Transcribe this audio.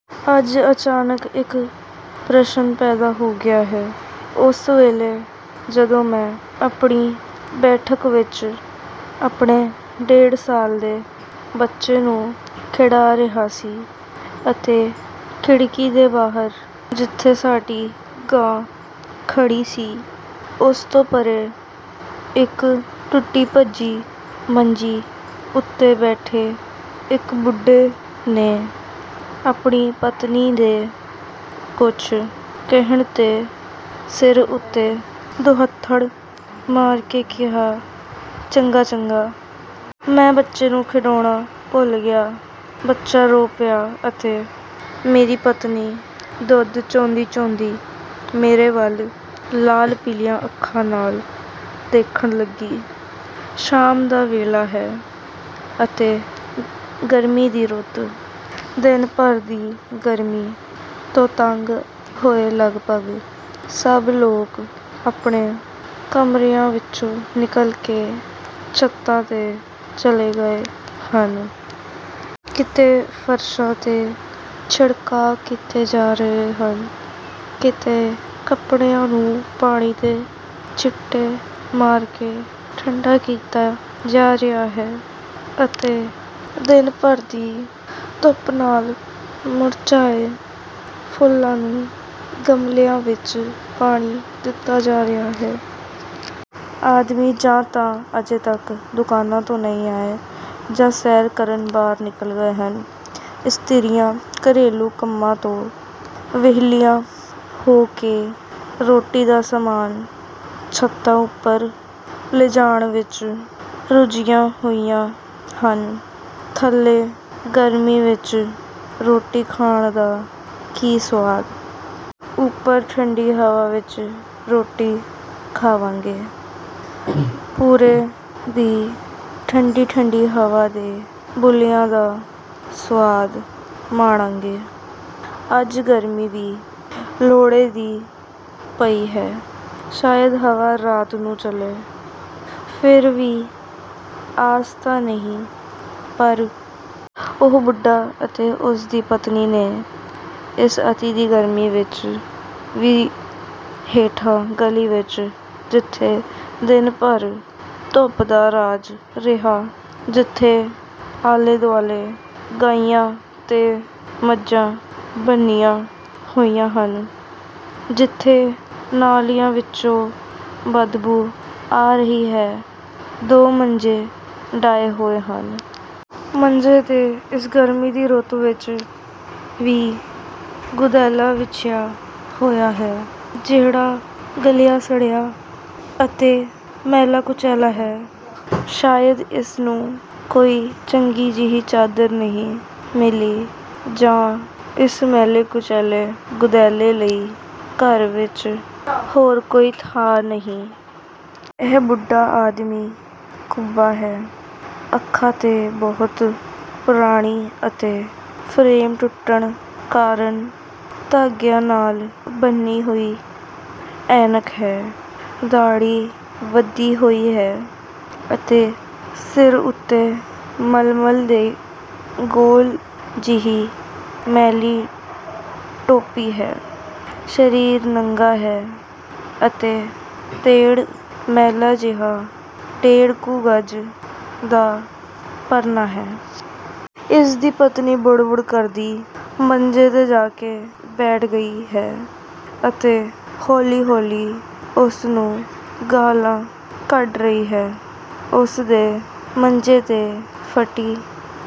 ਅੱਜ ਅਚਾਨਕ ਇੱਕ ਪ੍ਰਸ਼ਨ ਪੈਦਾ ਹੋ ਗਿਆ ਹੈ। ਉਸ ਵੇਲੇ, ਜਦੋਂ ਮੈਂ ਆਪਣੀ ਬੈਠਕ ਵਿੱਚ ਆਪਣੇ ਡੇਢ ਸਾਲ ਦੇ ਬੱਚੇ ਨੂੰ ਖਿਡਾ ਰਿਹਾ ਸੀ ਅਤੇ ਖਿੜਕੀ ਦੇ ਬਾਹਰ, ਜਿੱਥੇ ਸਾਡੀ ਗਾਂ ਖੜ੍ਹੀ ਸੀ, ਉਸ ਤੋਂ ਪਰ੍ਹੇ ਇੱਕ ਟੁੱਟੀ-ਭੱਜੀ ਮੰਜੀ ਉੱਤੇ ਬੈਠੇ ਇੱਕ ਬੁੱਢੇ ਨੇ ਆਪਣੀ ਪਤਨੀ ਦੇ ਕੁਝ ਕਹਿਣ 'ਤੇ ਸਿਰ ਉੱਤੇ ਦੁਹੱਥੜ ਮਾਰ ਕੇ ਕਿਹਾ, "ਚੰਗਾ, ਚੰਗਾ।" ਮੈਂ ਬੱਚੇ ਨੂੰ ਖਿਡਾਉਣਾ ਭੁੱਲ ਗਿਆ। ਬੱਚਾ ਰੋ ਪਿਆ ਅਤੇ ਮੇਰੀ ਪਤਨੀ ਦੁੱਧ ਚੋਂਦੀ-ਚੋਂਦੀ ਮੇਰੇ ਵੱਲ ਲਾਲ-ਪੀਲੀਆਂ ਅੱਖਾਂ ਨਾਲ ਦੇਖਣ ਲੱਗੀ। ਸ਼ਾਮ ਦਾ ਵੇਲਾ ਹੈ ਅਤੇ ਗਰਮੀ ਦੀ ਰੁੱਤ। ਦਿਨ ਭਰ ਦੀ ਗਰਮੀ ਤੋਂ ਤੰਗ ਹੋਏ ਲਗਭਗ ਸਭ ਲੋਕ ਆਪਣੇ ਕਮਰਿਆਂ ਵਿੱਚੋਂ ਨਿਕਲ ਕੇ ਛੱਤਾਂ 'ਤੇ ਚਲੇ ਗਏ ਹਨ। ਕਿਤੇ ਫ਼ਰਸ਼ਾਂ 'ਤੇ ਛਿੜਕਾਅ ਕੀਤੇ ਜਾ ਰਹੇ ਹਨ, ਕਿਤੇ ਕੱਪੜਿਆਂ ਨੂੰ ਪਾਣੀ ਦੇ ਛਿੱਟੇ ਮਾਰ ਕੇ ਠੰਢਾ ਕੀਤਾ ਜਾ ਰਿਹਾ ਹੈ ਅਤੇ ਦਿਨ ਭਰ ਦੀ ਧੁੱਪ ਨਾਲ ਮੁਰਝਾਏ ਫੁੱਲਾਂ ਨੂੰ ਗਮਲਿਆਂ ਵਿੱਚ ਪਾਣੀ ਦਿੱਤਾ ਜਾ ਰਿਹਾ ਹੈ। ਆਦਮੀ ਜਾਂ ਤਾਂ ਅਜੇ ਤੱਕ ਦੁਕਾਨਾਂ ਤੋਂ ਨਹੀਂ ਆਏ ਜਾਂ ਸੈਰ ਕਰਨ ਬਾਹਰ ਨਿਕਲ ਗਏ ਹਨ। ਇਸਤਰੀਆਂ ਘਰੇਲੂ ਕੰਮਾਂ ਤੋਂ ਵਿਹਲੀਆਂ ਹੋ ਕੇ ਰੋਟੀ ਦਾ ਸਾਮਾਨ ਛੱਤਾਂ ਉੱਪਰ ਲਿਜਾਣ ਵਿੱਚ ਰੁੱਝੀਆਂ ਹੋਈਆਂ ਹਨ—ਥੱਲੇ ਗਰਮੀ ਵਿੱਚ ਰੋਟੀ ਖਾਣ ਦਾ ਕੀ ਸੁਆਦ? ਉੱਪਰ ਠੰਢੀ ਹਵਾ ਵਿੱਚ ਰੋਟੀ ਖਾਵਾਂਗੇ, ਪੁਰੇ ਦੀ ਠੰਢੀ-ਠੰਢੀ ਹਵਾ ਦੇ ਬੁੱਲਿਆਂ ਦਾ ਸੁਆਦ ਮਾਣਾਂਗੇ। ਅੱਜ ਗਰਮੀ ਵੀ ਲੋਹੜੇ ਦੀ ਪਈ ਹੈ, ਸ਼ਾਇਦ ਹਵਾ ਰਾਤ ਨੂੰ ਚੱਲੇ। ਫਿਰ ਵੀ ਆਸ ਤਾਂ ਨਹੀਂ, ਪਰ ਉਹ ਬੁੱਢਾ ਅਤੇ ਉਸ ਦੀ ਪਤਨੀ ਨੇ ਇਸ ਅਤਿ ਦੀ ਗਰਮੀ ਵਿੱਚ ਵੀ ਹੇਠਾਂ ਗਲੀ ਵਿੱਚ, ਜਿੱਥੇ ਦਿਨ ਭਰ ਧੁੱਪ ਦਾ ਰਾਜ ਰਿਹਾ, ਜਿੱਥੇ ਆਲੇ-ਦੁਆਲੇ ਗਾਈਆਂ ਤੇ ਮੱਝਾਂ ਬੰਨ੍ਹੀਆਂ ਹੋਈਆਂ ਹਨ, ਜਿੱਥੇ ਨਾਲੀਆਂ ਵਿੱਚੋਂ ਬਦਬੂ ਆ ਰਹੀ ਹੈ, ਦੋ ਮੰਜੇ ਡਾਹੇ ਹੋਏ ਹਨ। ਮੰਜੇ 'ਤੇ ਇਸ ਗਰਮੀ ਦੀ ਰੁੱਤ ਵਿੱਚ ਵੀ ਗੁਦੈਲਾ ਵਿਛਿਆ ਹੋਇਆ ਹੈ, ਜਿਹੜਾ ਗਲਿਆ-ਸੜਿਆ ਅਤੇ ਮੈਲਾ-ਕੁਚੈਲਾ ਹੈ। ਸ਼ਾਇਦ ਇਸ ਨੂੰ ਕੋਈ ਚੰਗੀ ਜਿਹੀ ਚਾਦਰ ਨਹੀਂ ਮਿਲੀ ਜਾਂ ਇਸ ਮੈਲੇ-ਕੁਚੈਲੇ ਗੁਦੈਲੇ ਲਈ ਘਰ ਵਿੱਚ ਹੋਰ ਕੋਈ ਥਾਂ ਨਹੀਂ। ਇਹ ਬੁੱਢਾ ਆਦਮੀ ਕੁੱਬਾ ਹੈ। ਅੱਖਾਂ 'ਤੇ ਬਹੁਤ ਪੁਰਾਣੀ ਅਤੇ ਫ਼ਰੇਮ ਟੁੱਟਣ ਕਾਰਨ ਧਾਗਿਆਂ ਨਾਲ ਬੰਨ੍ਹੀ ਹੋਈ ਐਨਕ ਹੈ। ਦਾੜ੍ਹੀ ਵਧੀ ਹੋਈ ਹੈ ਅਤੇ ਸਿਰ ਉੱਤੇ ਮਲਮਲ ਦੀ ਗੋਲ ਜਿਹੀ ਮੈਲੀ ਟੋਪੀ ਹੈ, ਸਰੀਰ ਨੰਗਾ ਹੈ ਅਤੇ ਤੇੜ ਮੈਲਾ ਜਿਹਾ ਡੇਢ ਕੁ ਗਜ਼ ਦਾ ਪਰਨਾ ਹੈ। ਇਸ ਦੀ ਪਤਨੀ ਬੁੜ-ਬੁੜ ਕਰਦੀ ਮੰਜੇ 'ਤੇ ਜਾ ਕੇ ਬੈਠ ਗਈ ਹੈ ਅਤੇ ਹੌਲੀ-ਹੌਲੀ ਉਸ ਨੂੰ ਗਾਲ੍ਹਾਂ ਕੱਢ ਰਹੀ ਹੈ। ਉਸ ਦੇ ਮੰਜੇ 'ਤੇ ਫਟੀ